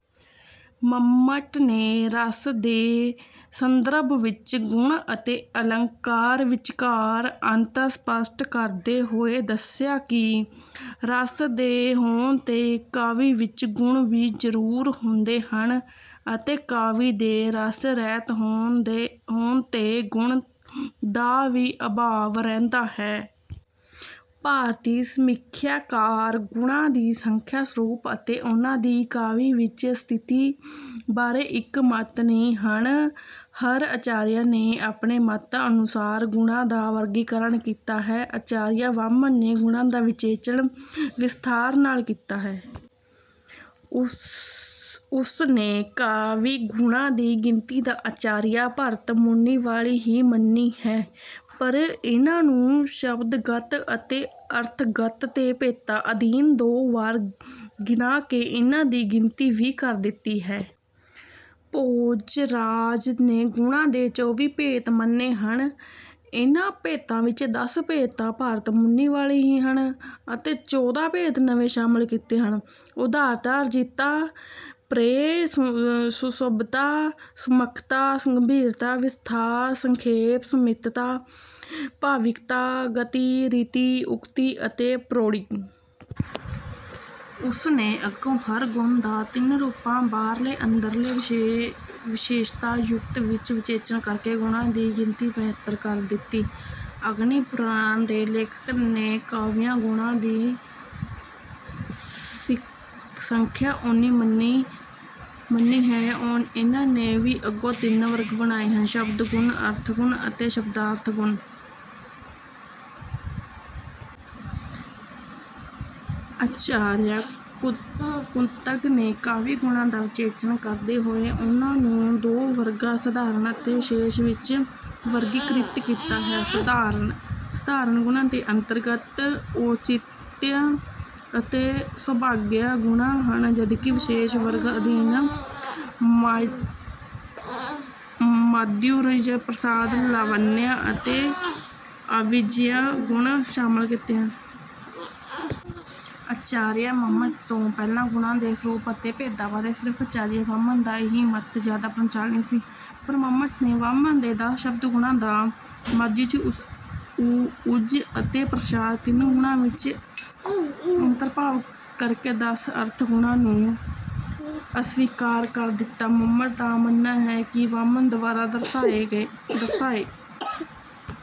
ਮੰਮਟ ਨੇ ਰਸ ਦੇ ਸੰਦਰਭ ਵਿੱਚ ਗੁਣ ਅਤੇ ਅਲੰਕਾਰ ਵਿਚਕਾਰ ਅੰਤਰ ਸਪਸ਼ਟ ਕਰਦੇ ਹੋਏ ਦੱਸਿਆ ਕਿ ਰਸ ਦੇ ਹੋਣ ’ਤੇ ਕਾਵਿ ਵਿੱਚ ਗੁਣ ਵੀ ਜ਼ਰੂਰ ਹੁੰਦੇ ਹਨ ਅਤੇ ਕਾਵਿ ਦੇ ਰਸ-ਰਹਿਤ ਹੋਣ ’ਤੇ ਗੁਣ ਦਾ ਵੀ ਅਭਾਵ ਰਹਿੰਦਾ ਹੈ। ਭਾਰਤੀ ਸਮੀਖਿਆਕਾਰ ਗੁਣਾਂ ਦੀ ਸੰਖਿਆ, ਸਰੂਪ ਅਤੇ ਉਨ੍ਹਾਂ ਦੀ ਕਾਵਿ ਵਿੱਚ ਸਥਿਤੀ ਬਾਰੇ ਇੱਕ ਮਤ ਨਹੀਂ ਹਨ। ਹਰ ਆਚਾਰੀਆ ਨੇ ਆਪਣੇ ਮਤ ਅਨੁਸਾਰ ਗੁਣਾਂ ਦਾ ਵਰਗੀਕਰਨ ਕੀਤਾ ਹੈ। ਆਚਾਰੀਆ ਵਾਮਨ ਨੇ ਗੁਣਾਂ ਦਾ ਵਿਵੇਚਨ ਵਿਸਥਾਰ ਨਾਲ ਕੀਤਾ ਹੈ। ਉਸ ਨੇ ਕਾਵਿ-ਗੁਣਾਂ ਦੀ ਗਿਣਤੀ ਤਾਂ ਆਚਾਰੀਆ ਭਰਤ ਮੁਨੀ ਵਾਲੀ ਹੀ ਮੰਨੀ ਹੈ, ਪਰ ਇਨ੍ਹਾਂ ਨੂੰ ਸ਼ਬਦਗਤ ਅਤੇ ਅਰਥਗਤ ਦੋ ਭੇਦਾਂ ਅਧੀਨ ਦੋ ਵਾਰ ਗਿਣਾ ਕੇ ਇਨ੍ਹਾਂ ਦੀ ਗਿਣਤੀ ਵੀਹ ਕਰ ਦਿੱਤੀ ਹੈ। ਭੋਜ ਰਾਜ ਨੇ ਗੁਣਾਂ ਦੇ ਚੌਵੀ ਭੇਦ ਮੰਨੇ ਹਨ। ਇਨ੍ਹਾਂ ਭੇਦਾਂ ਵਿੱਚ ਦਸ ਭੇਦ ਤਾਂ ਭਰਤ ਮੁਨੀ ਵਾਲੇ ਹੀ ਹਨ ਅਤੇ ਚੌਦਾਂ ਭੇਦ ਨਵੇਂ ਸ਼ਾਮਲ ਕੀਤੇ ਹਨ—ਉਦਾਰਤਾ, ਅਰਜਿਤਤਾ, ਪ੍ਰੇਯ, ਸੁਸ਼ਬਦਤਾ, ਸੂਖਮਤਾ, ਗੰਭੀਰਤਾ, ਵਿਸਥਾਰ, ਸੰਖੇਪ, ਸੰਮਿਤਤਾ, ਭਾਵਿਕਤਾ, ਗਤਿ, ਰੀਤਿ, ਉਕਤੀ ਅਤੇ ਪ੍ਰੋੜੀ। ਉਸ ਨੇ ਅੱਗੋਂ ਹਰ ਗੁਣ ਦਾ ਤਿੰਨ ਰੂਪਾਂ—ਬਾਹਰਲੇ, ਅੰਦਰਲੇ ਵਿਸ਼ੇਸ਼ਤਾ-ਯੁਕਤ—ਵਿੱਚ ਵਿਵੇਚਨ ਕਰਕੇ ਗੁਣਾਂ ਦੀ ਗਿਣਤੀ ਬੇਹਤਰ ਕਰ ਦਿੱਤੀ। ‘ਅਗਨੀਪੁਰਾਣ’ ਦੇ ਲੇਖਕ ਨੇ ਕਾਵਿ-ਗੁਣਾਂ ਦੀ ਸੰਖਿਆ ਉੰਨੀ ਮੰਨੀ ਹੈ। ਇਨ੍ਹਾਂ ਨੇ ਵੀ ਅੱਗੋਂ ਤਿੰਨ ਵਰਗ ਬਣਾਏ ਹਨ—ਸ਼ਬਦ-ਗੁਣ, ਅਰਥ-ਗੁਣ ਅਤੇ ਸ਼ਬਦਾਰਥ-ਗੁਣ। ਆਚਾਰੀਆ ਕੁੰਤਕ ਨੇ ਕਾਵਿ-ਗੁਣਾਂ ਦਾ ਵਿਵੇਚਨ ਕਰਦੇ ਹੋਏ ਇਨ੍ਹਾਂ ਨੂੰ ਦੋ ਵਰਗਾਂ—ਸਾਧਾਰਨ ਅਤੇ ਵਿਸ਼ੇਸ਼—ਵਿੱਚ ਵਰਗੀਕ੍ਰਿਤ ਕੀਤਾ ਹੈ। ਸਾਧਾਰਨ ਗੁਣਾਂ ਦੇ ਅੰਤਰਗਤ ਔਚਿਤਯ ਅਤੇ ਸੌਭਾਗਯ ਗੁਣ ਹਨ, ਜਦਕਿ ਵਿਸ਼ੇਸ਼ ਵਰਗ ਅਧੀਨ ਮਾਧੁਰਯ, ਪ੍ਰਸਾਦ, ਲਾਵਣਯ ਅਤੇ ਅਭਿਜਾਤਯ ਗੁਣ ਸ਼ਾਮਲ ਕੀਤੇ ਹਨ। ਆਚਾਰੀਆ ਮੰਮਟ ਤੋਂ ਪਹਿਲਾਂ ਗੁਣਾਂ ਦੇ ਸਰੂਪ ਅਤੇ ਭੇਦਾਂ ਬਾਰੇ ਸਿਰਫ਼ ਆਚਾਰੀਆ ਵਾਮਨ ਦਾ ਹੀ ਮਤ ਜ਼ਿਆਦਾ ਪ੍ਰਚਲਿਤ ਸੀ, ਪਰ ਮੰਮਟ ਨੇ ਵਾਮਨ ਦੇ ਦਸ ਸ਼ਬਦ-ਗੁਣਾਂ ਦਾ ਮਾਧੁਰਯ, ਓਜ ਅਤੇ ਪ੍ਰਸਾਦ—ਤਿੰਨ ਗੁਣਾਂ ਵਿੱਚ ਹੀ ਅੰਤਰਭਾਵ ਕਰਕੇ ਦਸ ਅਰਥ-ਗੁਣਾਂ ਨੂੰ ਅਸਵੀਕਾਰ ਕਰ ਦਿੱਤਾ। ਮੰਮਟ ਦਾ ਮੰਨਣਾ ਹੈ ਕਿ ਵਾਮਨ ਦੁਆਰਾ ਦਰਸਾਏ...